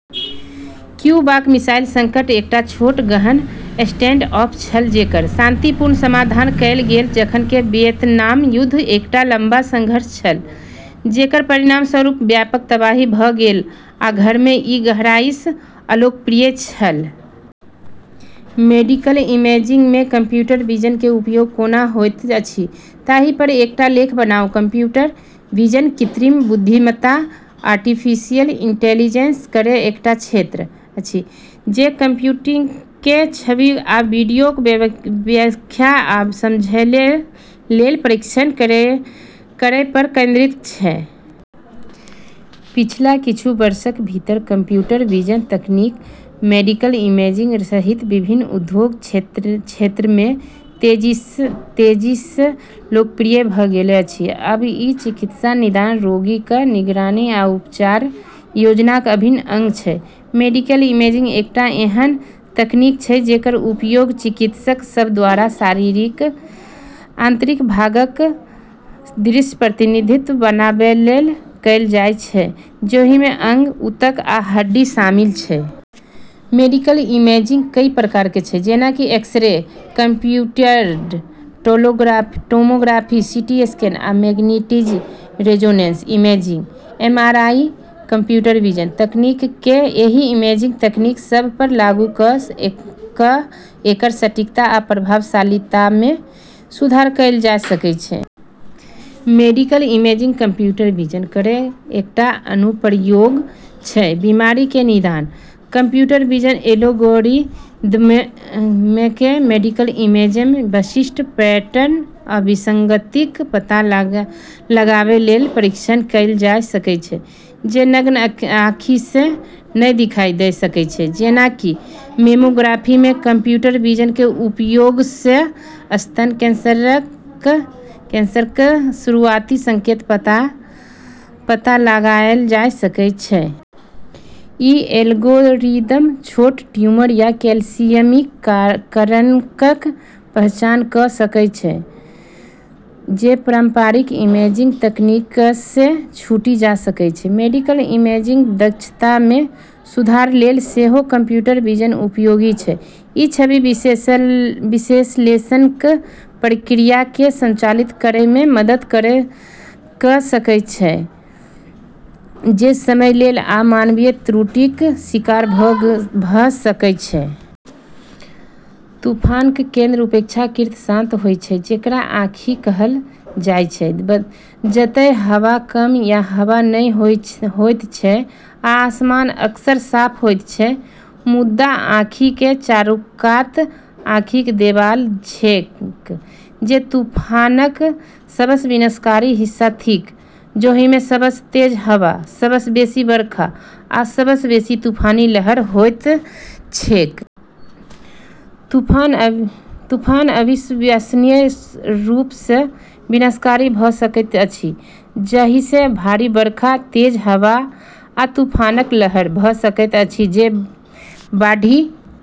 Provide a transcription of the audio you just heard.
क्यूबाक missile संकट एकटा छोट, गहन स्टैंडऑफ छल जेकर शांतिपूर्ण समाधान कएल गेल, जखन कि वियतनाम युद्ध एकटा लम्बा संघर्ष छल जेकर परिणामस्वरूप व्यापक तबाही भऽ गेल आ घरमे ई गहराईसँ अलोकप्रिय छल। मेडिकल इमेजिंगमे कंप्यूटर विजन के उपयोग कोना होइत अछि ताहि पर एकटा लेख बनाउ। कंप्यूटर विजन कृत्रिम बुद्धिमत्ता आर्टिफिशियल इंटेलिजेंस केर एकटा क्षेत्र अछि जे कंप्यूटरकेँ छवि आ वीडियोक व्याख्या आ समझैलेल प्रशिक्षित करैपर केंद्रित छै। पिछला किछु वर्षक भीतर कंप्यूटर विजन तकनीक मेडिकल इमेजिंग सहित विभिन्न उद्योग क्षेत्रमे तेजीसँ लोकप्रिय भऽ गेल अछि। आब ई चिकित्सा निदान, रोगीक निगरानी, आ उपचार योजनाक अभिन्न अंग छै। मेडिकल इमेजिंग एकटा एहन तकनीक छै जेकर उपयोग चिकित्सक सभद्वारा शरीरक आंतरिक भागक दृश्य प्रतिनिधित्व बनाबैलेल कएल जाइछ, जाहिमे अंग, ऊतक आ हड्डी शामिल छै। मेडिकल इमेजिंगक कई प्रकार छै, जेना कि X-ray, computed tomography CT scan, आ magnetic resonance imaging MRI. Computer vision तकनीककेँ एहि इमेजिंग तकनीक सभपर लागू कऽ कऽ एकर सटीकता आ प्रभावशीलतामे सुधार कएल जा सकैछ। मेडिकल इमेजिंगमे कंप्यूटर विजन केर एकटा अनुप्रयोग छै बीमारीक निदान। कंप्यूटर विजन एल्गोरिदमकेँ मेडिकल इमेजमे विशिष्ट पैटर्न आ विसंगतिक पता लगाबैलेल प्रशिक्षित कएल जा सकैछ, जे नग्न आँखिसँ नहि दिखाई दऽ सकैछ। जेना कि मैमोग्राफीमे कंप्यूटर विजन के उपयोगसँ स्तन कैंसरक शुरुआती संकेतक पता लगाएल जा सकैछ। ई एल्गोरिदम छोट ट्यूमर या कैल्शियमीकरणक पहचान कऽ सकैछ जे पारंपरिक इमेजिंग तकनीकसँ छूटी जा सकैछ। मेडिकल इमेजिंगक दक्षतामे सुधारलेल सेहो कंप्यूटर विजन उपयोगी छै। ई छवि विश्लेषणक प्रक्रियाकेँ स्वचालित करैमे मदद कऽ सकैछ, जे समयलेल आ मानवीय त्रुटिक शिकार भऽ सकैछ। तूफानक केंद्र अपेक्षाकृत शांत होइत छै, जेकरा आँखि कहल जाइछ, जतए हवा कम या हवा नहि होइत छै आ आसमान अक्सर साफ होइत छै। मुदा, आँखिक चारूकात आँखिक देबाल छैक, जे तूफानक सबसँ विनाशकारी हिस्सा थिक, जाहिमे सबसँ तेज हवा, सबसँ बेसी बरखा, आ सबसँ बेसी तूफानी लहर होइत छैक। तूफान अविश्वसनीय रूपसँ विनाशकारी भऽ सकैत अछि, जाहिसँ भारी बरखा, तेज हवा, आ तूफानक लहर भऽ सकैत अछि जे बाढ़ि--